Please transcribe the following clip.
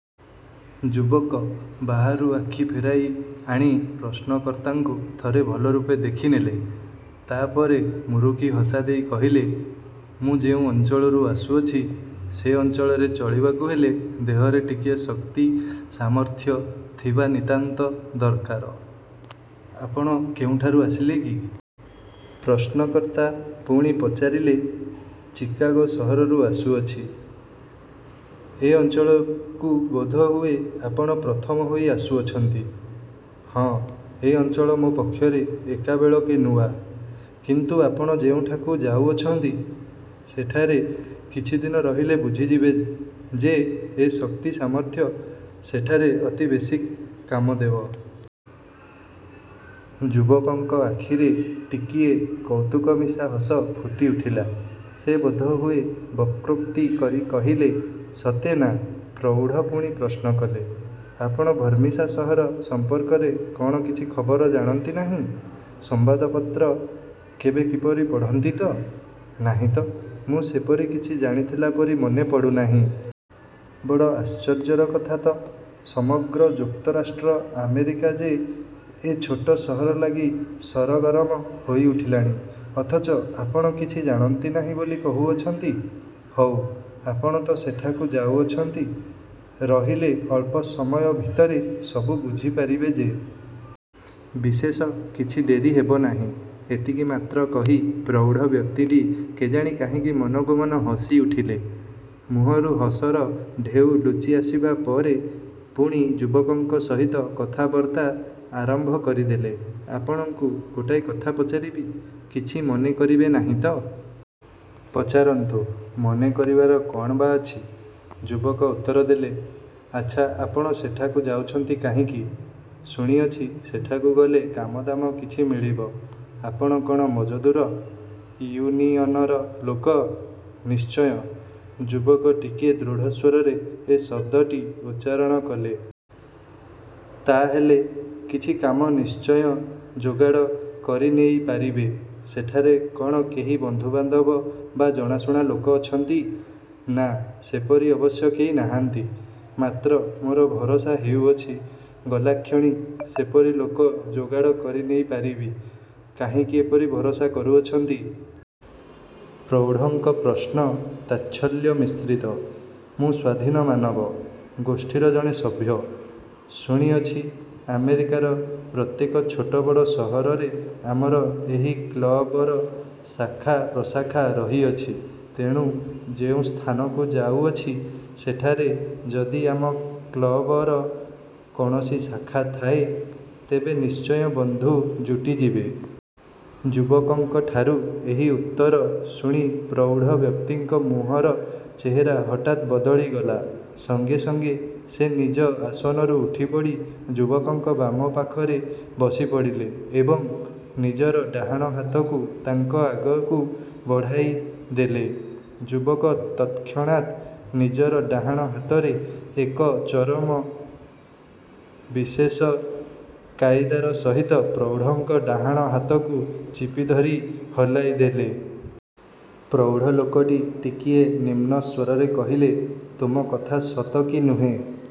'' ଯୁବକ ବାହାରୁ ଆଖି ଫେରାଇ ଆଣି ପ୍ରଶ୍ନକର୍ତ୍ତାଙ୍କୁ ଥରେ ଭଲ ରୂପେ ଦେଖିନେଲେ। ତା'ପରେ ମୁରୁକିହସା ଦେଇ କହିଲେ, ''ମୁଁ ଯେଉଁ ଅଞ୍ଚଳରୁ ଆସୁଅଛି, ସେ ଅଞ୍ଚଳରେ ଚଳିବାକୁ ହେଲେ ଦେହରେ ଟିକିଏ ଶକ୍ତି ସାମର୍ଥ୍ୟ ଥିବା ନିତାନ୍ତ ଦରକାର। '' ''ଆପଣ କେଉଁଠାରୁ ଆସିଲେ କି? '' -ପ୍ରଶ୍ନକର୍ତ୍ତା ପୁଣି ପଚାରିଲେ। ''ଚିକାଗୋ ସହରରୁ ଆସୁଅଛି। '' ''ଏ ଅଞ୍ଚଳକୁ ବୋଧହୁଏ ଆପଣ ପ୍ରଥମ ହୋଇ ଆସୁଅଛନ୍ତି? '' ''ହଁ, ଏ ଅଞ୍ଚଳ ମୋ ପକ୍ଷରେ ଏକାବେଳକେ ନୂଆ। '' ''କିନ୍ତୁ ଆପଣ ଯେଉଁଠାକୁ ଯାଉଅଛନ୍ତି, ସେଠାରେ କିଛି ଦିନ ରହିଲେ ବୁଝିଯିବେ ଯେ, ଏ ଶକ୍ତି ସାମର୍ଥ୍ୟ ସେଠାରେ ଅତି ବେଶୀ କାମ ଦେବ। '' ଯୁବକଙ୍କ ଆଖିରେ ଟିକିଏ କୌତୁକମିଶା ହସ ଫୁଟିଉଠିଲା। ସେ ବୋଧହୁଏ ବକ୍ରୋକ୍ତି କରି କହିଲେ, ''ସତେ ନା? '' ପ୍ରୌଢ଼ ପୁଣି ପ୍ରଶ୍ନ କଲେ-ଆପଣ ଭର୍ମିସା ସହର ସଂପର୍କରେ କଅଣ କିଛି ଖବର ଜାଣନ୍ତି ନାହିଁ? ସମ୍ବାଦପତ୍ର କେବେ କିପରି ପଢ଼ନ୍ତି ତ? ''ନାହିଁ ତ, ମୁଁ ସେପରି କିଛି ଜାଣିଥିଲା ପରି ମନେ ପଡ଼ୁନାହିଁ। '' ''ବଡ଼ ଆଶ୍ଚର୍ଯ୍ୟର କଥା। ତ! ସମଗ୍ର ଯୁକ୍ତରାଷ୍ଟ୍ର ଆମେରିକା ଯେ ଏ ଛୋଟ ସହର ଲାଗି ସରଗରମ ହୋଇ ଉଠିଲାଣି, ଅଥଚ ଆପଣ କିଛି ଜାଣନ୍ତି ନାହିଁ ବୋଲି କହୁଅଛନ୍ତି! ହଉ, ଆପଣ ତ ସେଠାକୁ ଯାଉଅଛନ୍ତି। ରହିଲେ ଅଳ୍ପ ସମୟ ଭିତରେ ସବୁ ବୁଝିପାରିବେ ଯେ! ବିଶେଷ କିଛି ଡେରି ହେବ ନାହିଁ। '' ଏତିକି ମାତ୍ର କହି ପ୍ରୌଢ଼ ବ୍ୟକ୍ତିଟି କେଜାଣି କାହିଁକି ମନକୁ ମନ ହସିଉଠିଲେ। ମୁହଁରୁ ହସର ଢେଉ ଲୁଚିଆସିବା ପରେ ପୁଣି ଯୁବକଙ୍କ ସହିତ କଥାବର୍ତ୍ତା ଆରମ୍ଭ କରିଦେଲେ। ''ଆପଣଙ୍କୁ ଗୋଟାଏ କଥା ପଚାରିବି; କିଛି ମନେ କରିବେ ନାହିଁ ତ? '' ''ପଚାରନ୍ତୁ-ମନେ କରିବାର କଅଣ ବା ଅଛି? '' -ଯୁବକ ଉତ୍ତରଦେଲେ। ''ଆଚ୍ଛା, ଆପଣ ସେଠାକୁ ଯାଉଛନ୍ତି କାହିଁକି? '' ''ଶୁଣିଅଛି, ସେଠାକୁ ଗଲେ କାମଦାମ କିଛି ମିଳିବ। '' ''ଆପଣ କଅଣ ମଜଦୁର ଇଉନିୟନର ଲୋକ? '' ''ନିଶ୍ଚୟ''-ଯୁବକ ଟିକିଏ ଦୃଢ଼ସ୍ୱରରେ ଏ ଶବ୍ଦଟି ଉଚ୍ଚାରଣ କଲେ। ''ତା ହେଲେ, କିଛି କାମ ନିଶ୍ଚୟ ଯୋଗାଡ଼ କରିନେଇପାରିବେ। ସେଠାରେ କଅଣ କେହି ବନ୍ଧୁବାନ୍ଧବ ବା ଜଣାଶୁଣା ଲୋକ ଅଛନ୍ତି? '' ''ନା, ସେପରି ଅବଶ୍ୟ କେହି ନାହାନ୍ତି। ମାତ୍ର ମୋର ଭରସା ହେଉଅଛି, ଗଲାକ୍ଷଣି ସେପରି ଲୋକ ଯୋଗାଡ଼ କରିନେଇପାରିବି। '' ''କାହିଁକି ଏପରି ଭରସା କରୁଅଛନ୍ତି? '' -ପ୍ରୌଢ଼ଙ୍କ ପ୍ରଶ୍ନ ତାଚ୍ଛଲ୍ୟ ମିଶ୍ରିତ। ''ମୁଁ 'ସ୍ୱାଧୀନମାନବ' ଗୋଷ୍ଠୀର ଜଣେ ସଭ୍ୟ। ଶୁଣିଅଛି, ଆମେରିକାର ପ୍ରତ୍ୟେକ ଛୋଟ ବଡ଼ ସହରରେ ଆମର ଏହି କ୍ଳବର ଶାଖା ପ୍ରଶାଖା ରହିଅଛି। ତେଣୁ ଯେଉଁ ସ୍ଥାନକୁ ଯାଉଅଛି, ସେଠାରେ ଯଦି ଆମ କ୍ଳବର କୌଣସି ଶାଖା ଥାଏ, ତେବେ ନିଶ୍ଚୟ ବନ୍ଧୁ ଯୁଟିଯିବେ। '' ଯୁବକଙ୍କଠାରୁ ଏହି ଉତ୍ତର ଶୁଣି ପ୍ରୌଢ଼ ବ୍ୟକ୍ତିଙ୍କ ମୁହଁର ଚେହେରା ହଠାତ୍ ବଦଳିଗଲା-। ସଙ୍ଗେସଙ୍ଗେ ସେ ନିଜ ଆସନରୁ ଉଠିପଡ଼ି ଯୁବକଙ୍କ ବାମ ପାଖରେ ବସିପଡ଼ିଲେ ଏବଂ ନିଜର ଡାହାଣ ହାତକୁ ତାଙ୍କ ଆଗକୁ ବଢ଼ାଇଦେଲେ। ଯୁବକ ତତ୍କ୍ଷଣାତ୍ ନିଜର ଡାହାଣ ହାତରେ ଏକ ଚରମ ବିଶେଷ କାଇଦାର ସହିତ ପ୍ରୌଢ଼ଙ୍କ ଡାହାଣ ହାତକୁ ଚିପି ଧରି ହଲାଇଦେଲେ। ପ୍ରୌଢ଼ ଲୋକଟି ଟିକିଏ ନିମ୍ନ ସ୍ୱରରେ କହିଲେ, ''ତୁମ କଥା ସତ କି ନୁହେଁ,